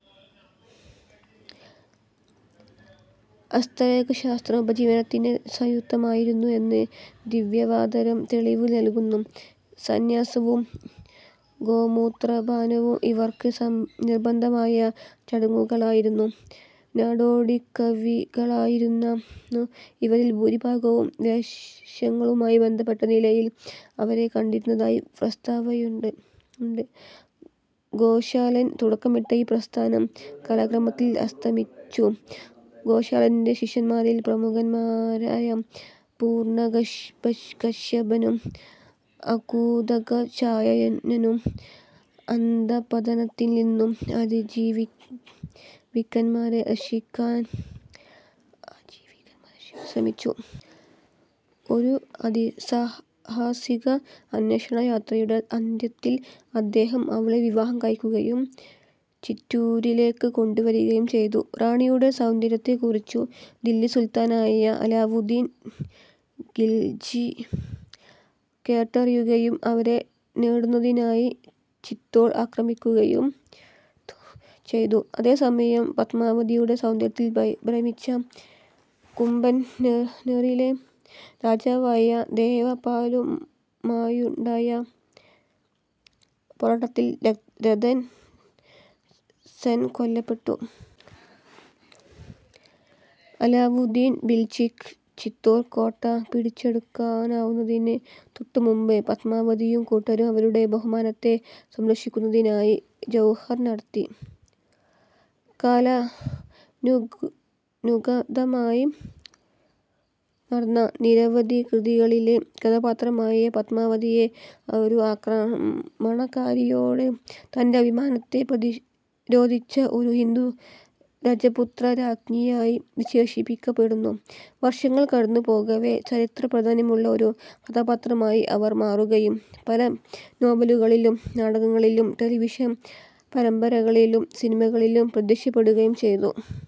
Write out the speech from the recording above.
ഹസ്തരേഖാശാസ്ത്രം ഉപജീവനത്തിന് ഉപയുക്തമായിരുന്നു എന്ന് ദിവ്യാവതാരം തെളിവു നല്കുന്നു. സന്ന്യാസവും ഗോമൂത്രപാനവും ഇവർക്ക് നിർബന്ധമായ ചടങ്ങുകളായിരുന്നു. നാടോടിക്കവികളായിരുന്നു ഇവരിൽ ഭൂരിഭാഗവും. വേശ്യകളുമായി ബന്ധപ്പെട്ട നിലയിൽ അവരെ കണ്ടിരുന്നതായി പ്രസ്താവമുണ്ട്. ഗോശാലൻ തുടക്കമിട്ട ഈ പ്രസ്ഥാനം കാലക്രമത്തിൽ അസ്തമിച്ചു. ഗോശാലന്റെ ശിഷ്യൻമാരിൽ പ്രമുഖൻമാരായ പൂർണകശ്യപനും പകുധകഛായനനും അധഃപതനത്തിൽനിന്നും ആജീവികൻമാരെ രക്ഷിക്കാൻ ശ്രമിച്ചു. ഒരു അതിസാഹസിക അന്വേഷണ യാത്രയുടെ അന്ത്യത്തിൽ അദ്ദേഹം അവളെ വിവാഹം കഴിക്കുകയും ചിറ്റൂരിലേക്ക് കൊണ്ടുവരികയും ചെയ്തു. റാണിയുടെ സൌന്ദര്യത്തെക്കുറിച്ചു ദില്ലി സുൽത്താനായ അലാവുദ്ദീൻ ഖിൽജി കേട്ടറിയുകയും അവരെ നേടുന്നതിനായി ചിത്തോർ ആക്രമിക്കുകയും ചെയ്തു. അതേസമയം, പത്മാവതിയുടെ സൗന്ദര്യത്തിൽ ഭ്രമിച്ച കുംഭൽനെറിലെ രാജാവായ ദേവപാലുമായുണ്ടായ പോരാട്ടത്തിൽ രത്തൻ സെൻകൊല്ലപ്പെട്ടു. അലാവുദ്ദീൻ ഖിൽജിക്ക് ചിത്തോർ കോട്ട പിടിച്ചെടുക്കാനാവുന്നതിന് തൊട്ടുമുമ്പ് പത്മാവതിയും കൂട്ടരും അവരുടെ ബഹുമാനത്തെ സംരക്ഷിക്കുന്നതിനായി ജൗഹർ നടത്തി. കാലാനുഗതമായി വന്ന നിരവധി കൃതികളിലെ കഥാപാത്രമായ പത്മാവതിയെ, ഒരു ആക്രമണകാരിയോട് തന്റെ അഭിമാനത്തെ പ്രതിരോധിച്ച ഒരു ഹിന്ദു രജപുത്ര രാജ്ഞിയായി വിശേഷിപ്പിക്കപ്പെടുന്നു. വർഷങ്ങൾ കടന്നു പോകവേ, ചരിത്രപ്രാധാന്യമുള്ള ഒരു കഥാപാത്രമായി അവർ മാറുകയും പല നോവലുകളിലും നാടകങ്ങളിലും ടെലിവിഷൻ പരമ്പരകളിലും സിനിമകളിലും പ്രത്യക്ഷപ്പെടുകയും ചെയ്തു.